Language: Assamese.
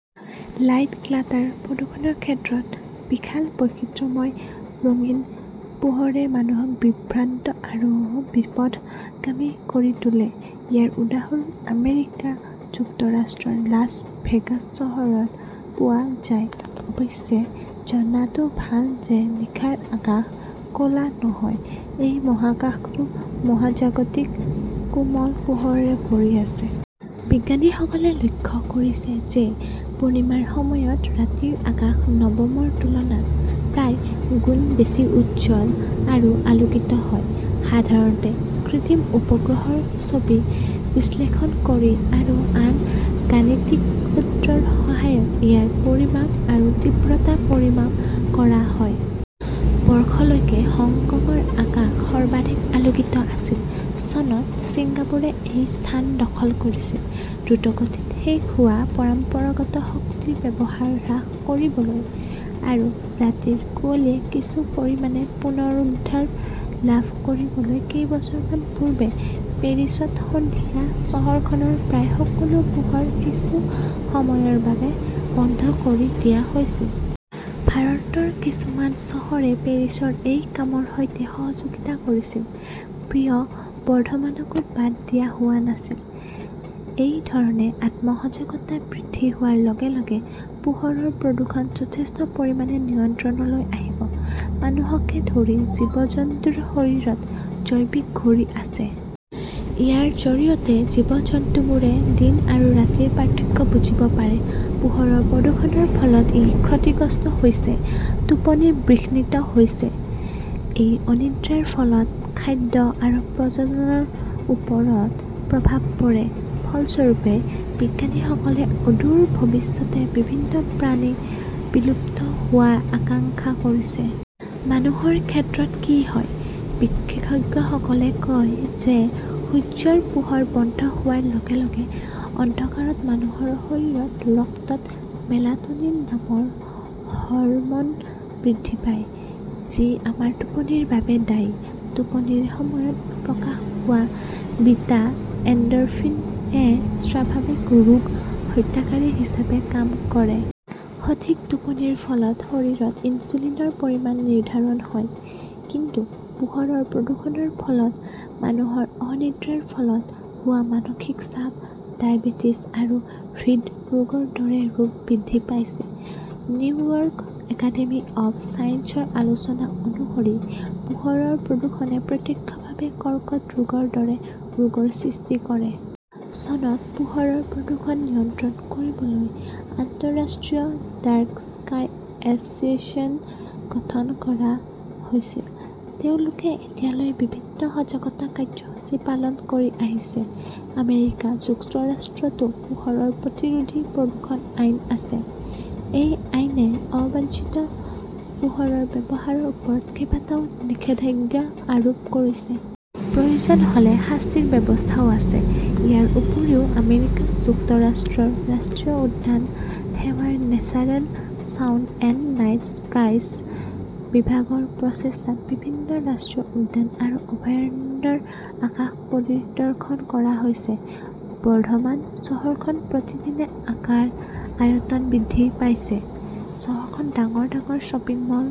'লাইট ক্লাটাৰ "প্ৰদূষণৰ ক্ষেত্ৰত বিশাল বৈচিত্ৰ্যময় ৰঙীন পোহৰে মানুহক বিভ্ৰান্ত আৰু বিপথগামী কৰি তোলে। ইয়াৰ উদাহৰণ আমেৰিকা যুক্তৰাষ্ট্ৰৰ লাছ ভেগাছ চহৰত পোৱা যায়। অৱশ্যে, জনাটো ভাল যে নিশাৰ আকাশ ক 'লা নহয়। এই মহাকাশটো মহাজাগতিক কোমল পোহৰেৰে ভৰি আছে। বিজ্ঞানীসকলে লক্ষ্য কৰিছে যে পূৰ্ণিমাৰ সময়ত ৰাতিৰ আকাশ নৱমৰ তুলনাত প্ৰায় গুণ বেছি উজ্জ্বল আৰু আলোকিত হয়। সাধাৰণতে কৃত্ৰিম উপগ্ৰহৰ ছবি বিশ্লেষণ কৰি আৰু আন গাণিতিক সূত্ৰৰ সহায়ত ইয়াৰ পৰিমাপ আৰু তীব্ৰতা পৰিমাপ কৰা হয়। -' বৰ্ষলৈকে হংকংৰ আকাশ সৰ্বাধিক আলোকিত আছিল। চনত ছিংগাপুৰে এই স্থান দখল কৰিছিল। দ্ৰুতগতিত শেষ হোৱা পৰম্পৰাগত শক্তিৰ ব্যৱহাৰ হ্ৰাস কৰিবলৈ আৰু ৰাতিৰ কুঁৱলীয়ে কিছু পৰিমাণে পুনৰুদ্ধাৰ লাভ কৰিবলৈ কেইবছৰমান পূৰ্বে পেৰিছত সন্ধিয়া চহৰখনৰ প্ৰায় সকলো পোহৰ কিছু সময়ৰ বাবে বন্ধ কৰি দিয়া হৈছিল। ভাৰতৰ কিছুমান চহৰে পেৰিছৰ এই কামৰ সৈতে সহযোগিতা কৰিছিল। প্ৰিয় বৰ্ধমানকো বাদ দিয়া হোৱা নাছিল। এই ধৰণে আত্ম-সজাগতা বৃদ্ধি হোৱাৰ লগে লগে পোহৰৰ প্ৰদূষণ যথেষ্ট পৰিমাণে নিয়ন্ত্ৰণলৈ আহিব। মানুহকে ধৰি জীৱ-জন্তুৰ শৰীৰত 'জৈৱিক ঘড়ী "আছে। ইয়াৰ জৰিয়তে জীৱ-জন্তুবোৰে দিন আৰু ৰাতিৰ পাৰ্থক্য বুজিব পাৰে। পোহৰৰ প্ৰদূষণৰ ফলত ই ক্ষতিগ্ৰস্ত হৈছে। টোপনি বিঘ্নিত হৈছে। এই অনিদ্ৰাৰ ফলত খাদ্য আৰু প্ৰজননৰ ওপৰত প্ৰভাৱ পৰে। ফলস্বৰূপে, বিজ্ঞানীসকলে অদূৰ ভৱিষ্যতে বিভিন্ন প্ৰাণী বিলুপ্ত হোৱাৰ আশংকা কৰিছে। মানুহৰ ক্ষেত্ৰত কি হয়? বিশেষজ্ঞসকলে কয় যে সূৰ্যৰ পোহৰ বন্ধ হোৱাৰ লগে লগে অন্ধকাৰত মানুহৰ শৰীৰত ৰক্তত 'মেলাটোনিন "নামৰ হৰম" ন বৃদ্ধি পায়। যি আমাৰ টোপনিৰ বাবে দায়ী। টোপনিৰ সময়ত প্ৰকাশ পোৱা 'বিটা এণ্ডৰফিন "-এ স্বাভাৱিক' ৰোগ হত্যাকাৰী" হিচাপে কাম কৰে। সঠিক টোপনিৰ ফলত শৰীৰত ইনচুলিনৰ পৰিমাণ নিৰ্ধাৰণ হয়। কিন্তু পোহৰৰ প্ৰদূষণৰ ফলত মানুহৰ অনিদ্ৰাৰ ফলত হোৱা মানসিক চাপ, ডায়েবেটিছ আৰু হৃদৰোগৰ দৰে ৰোগ বৃদ্ধি পাইছে। নিউয়ৰ্ক একাডেমী অৱ ছায়েন্সৰ আলোচনা অনুসৰি, পোহৰৰ প্ৰদূষণে প্ৰত্যক্ষভাৱে কৰ্কট ৰোগৰ দৰে ৰোগৰ সৃষ্টি কৰে। চনত পোহৰৰ প্ৰদূষণ নিয়ন্ত্ৰণ কৰিবলৈ আন্তঃৰাষ্ট্ৰীয় ডাৰ্ক স্কাই এছ "চিয়েশ্যন গঠন কৰা হৈছিল। তেওঁলোকে এতিয়ালৈকে বিভিন্ন সজাগতা কাৰ্যসূচী পালন কৰি আহিছে। আমেৰিকা যুক্তৰাষ্ট্ৰতো পোহৰৰ প্ৰতিৰোধী প্ৰদূষণ আইন আছে। এই আইনে অবাঞ্ছিত পোহৰৰ ব্যৱহাৰৰ ওপৰত কেইবাটাও নিষেধাজ্ঞা আৰোপ কৰিছে। প্ৰয়োজন হ "লে শাস্তিৰ ব্যৱস্থাও আছে। ইয়াৰ উপৰিও আমেৰিকা যুক্তৰাষ্ট্ৰৰ ৰাষ্ট্ৰীয় উদ্যান সেৱাৰ natural sound and night skies বিভাগৰ প্ৰচেষ্টাত বিভিন্ন ৰাষ্ট্ৰীয় উদ্যান আৰু অভয়াৰণ্যৰ আকাশ পৰিদৰ্শন কৰা হৈছে। বৰ্ধমান চহৰখন প্ৰতিদিনে আকাৰ, আয়তন বৃদ্ধি পাইছে। চহৰখন ডাঙৰ ডাঙৰ শ্বপিং মল,